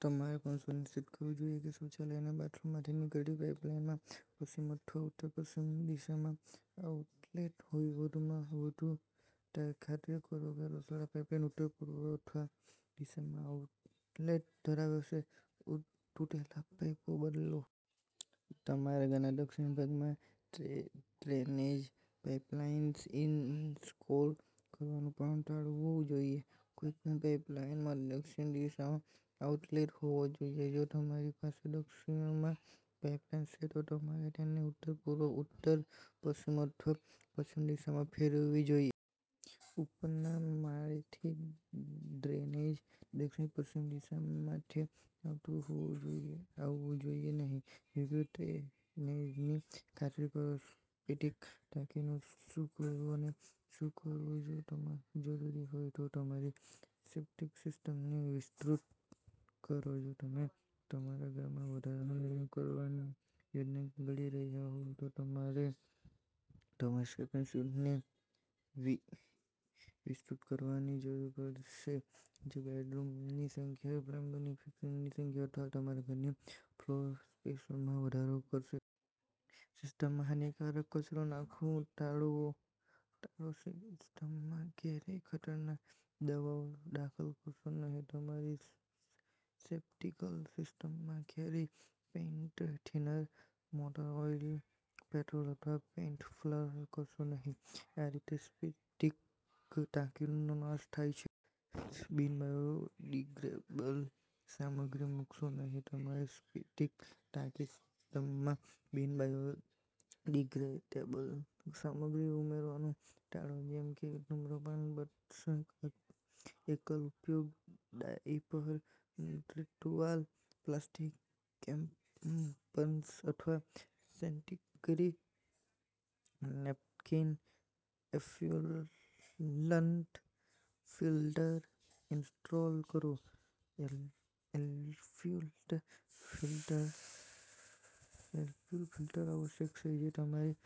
તમારે પણ સુનિશ્ચિત કરવું જોઈએ કે શૌચાલય અને બાથરૂમમાંથી નીકળતી પાઇપલાઇનમાં પશ્ચિમ અથવા ઉત્તર પશ્ચિમ દિશામાં આઉટલેટ હોય. વધુમાં, ખાતરી કરો કે રસોડામાં પાઇપલાઇન્સ ઉત્તર અથવા પૂર્વ દિશામાં આઉટલેટ ધરાવે છે. તૂટેલા પાઈપો બદલો. તમારે ઘરના દક્ષિણ ભાગમાં ડ્રેનેજ પાઇપલાઇન્સ ઇન્સ્ટોલ કરવાનું પણ ટાળવું જોઈએ. કોઈપણ પાઈપલાઈનમાં દક્ષિણ દિશામાં આઉટલેટ હોવો જોઈએ. જો તમારી પાસે દક્ષિણમાં પાઇપલાઇન્સ છે, તો તમારે તેને ઉત્તર, પૂર્વ, ઉત્તરપશ્ચિમ અથવા પશ્ચિમ દિશામાં ફેરવવી જોઈએ. ઉપરના માળેથી ડ્રેનેજ દક્ષિણ-પશ્ચિમ દિશામાંથી આવવું જોઈએ નહીં. યોગ્ય ડ્રેનેજની ખાતરી કરો. સેપ્ટિક ટાંકીનું શું કરવું અને શું કરવું. જો જરૂરી હોય તો, તમારી સેપ્ટિક સિસ્ટમને વિસ્તૃત કરો. જો તમે તમારા ઘરમાં એક વધારાનું નિર્માણ કરવાની યોજના ઘડી રહ્યા હોવ, તો તમારે તમારી સેપ્ટિક સિસ્ટમને વિસ્તૃત કરવાની જરૂર પડશે, જે બેડરૂમની સંખ્યા, પ્લમ્બિંગ ફિક્સરની સંખ્યા અથવા તમારા ઘરની ફ્લોર સ્પેસમાં વધારો કરશે. સિસ્ટમમાં હાનિકારક કચરો નાખવાનું ટાળો. સિસ્ટમમાં ક્યારેય ખતરનાક દવાઓ દાખલ કરશો નહીં. તમારી સેપ્ટિક સિસ્ટમમાં ક્યારેય paint thinner, motor oil, petrol અથવા પેઇન્ટ ફ્લશ કરશો નહીં. આ રીતે સેપ્ટિક ટાંકીનો નાશ થાય છે. બિન-બાયોડિગ્રેડેબલ સામગ્રી મૂકશો નહીં. તમારી સેપ્ટિક ટાંકી સિસ્ટમમાં બિન-બાયોડિગ્રેડેબલ સામગ્રી ઉમેરવાનું ટાળો, જેમ કે ધુમ્રપાન બટ્સ, એકલ-ઉપયોગ ડાયપર, મુદ્રિત ટુવાલ, પ્લાસ્ટિક, ટેમ્પન્સ અથવા sanitary napkins. Effluent filter install કરો. એફ્લુઅન્ટ ફિલ્ટર આવશ્યક છે, જે તમારી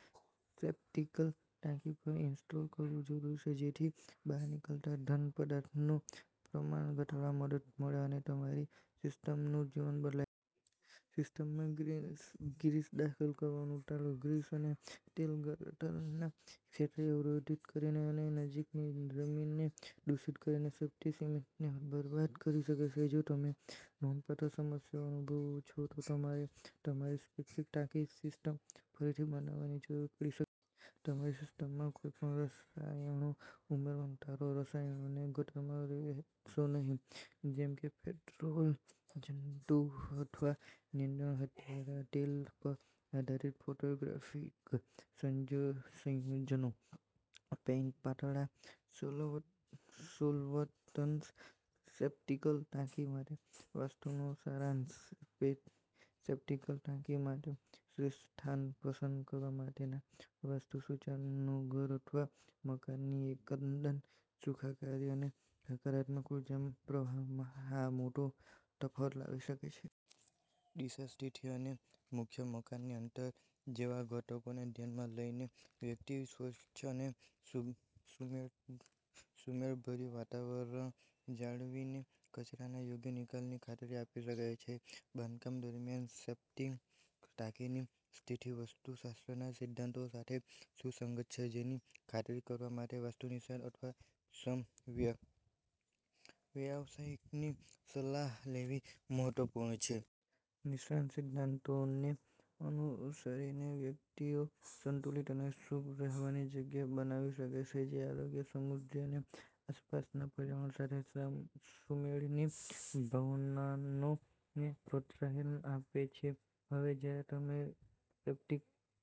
સેપ્ટિક ટાંકી પર ઇન્સ્ટોલ કરવું જરૂરી છે જેથી બહાર નીકળતા ઘન પદાર્થોનું પ્રમાણ ઘટાડવામાં મદદ મળે અને તમારી સિસ્ટમનું જીવન લંબાય. સિસ્ટમમાં ગ્રીસ દાખલ કરવાનું ટાળો. ગ્રીસ અને તેલ ગટરના ક્ષેત્રને અવરોધિત કરીને અને નજીકની જમીનને દૂષિત કરીને સેપ્ટિક સિસ્ટમને બરબાદ કરી શકે છે. જો તમે નોંધપાત્ર સમસ્યાઓ અનુભવો છો, તો તમારે તમારી સેપ્ટિક ટાંકી સિસ્ટમ ફરીથી બનાવવાની જરૂર પડી શકે છે. તમારી સિસ્ટમમાં કોઈપણ રસાયણો ઉમેરવાનું ટાળો. રસાયણોને ગટરમાં રેડશો નહીં, જેમ કે પેટ્રોલ, જંતુ અથવા નીંદણ હત્યારા, તેલ પર આધારિત ફોટોગ્રાફિક સંયોજનો, પેઇન્ટ પાતળા સોલવન્ટ્સ. સેપ્ટિક ટાંકી માટે વાસ્તુનો સારાંશ. સેપ્ટિક ટાંકી માટે શ્રેષ્ઠ સ્થાન પસંદ કરવા માટેના વાસ્તુ સૂચનો ઘર અથવા મકાનની એકંદર સુખાકારી અને હકારાત્મક ઊર્જા પ્રવાહમાં મોટો તફાવત લાવી શકે છે. દિશા, સ્થિતિ અને મુખ્ય મકાનથી અંતર જેવા ઘટકોને ધ્યાનમાં લઈને, વ્યક્તિ સ્વચ્છ અને સુમેળભર્યું વાતાવરણ જાળવીને કચરાના યોગ્ય નિકાલની ખાતરી આપી શકે છે. બાંધકામ દરમિયાન, સેપ્ટિક ટાંકીની સ્થિતિ વાસ્તુશાસ્ત્રના સિદ્ધાંતો સાથે સુસંગત છે તેની ખાતરી કરવા માટે વાસ્તુ નિષ્ણાત અથવા સક્ષમ વ્યાવસાયિકની સલાહ લેવી મહત્વપૂર્ણ છે. નિષ્ણાત સિદ્ધાંતોને અનુસરીને વ્યક્તિઓ સંતુલિત અને શુભ રહેવાની જગ્યા બનાવી શકે છે, જે આરોગ્ય, સમૃદ્ધિ અને આસપાસના પર્યાવરણ સાથે સુમેળની ભાવનાને પ્રોત્સાહન આપે છે. હવે જ્યારે તમે સેપ્ટિક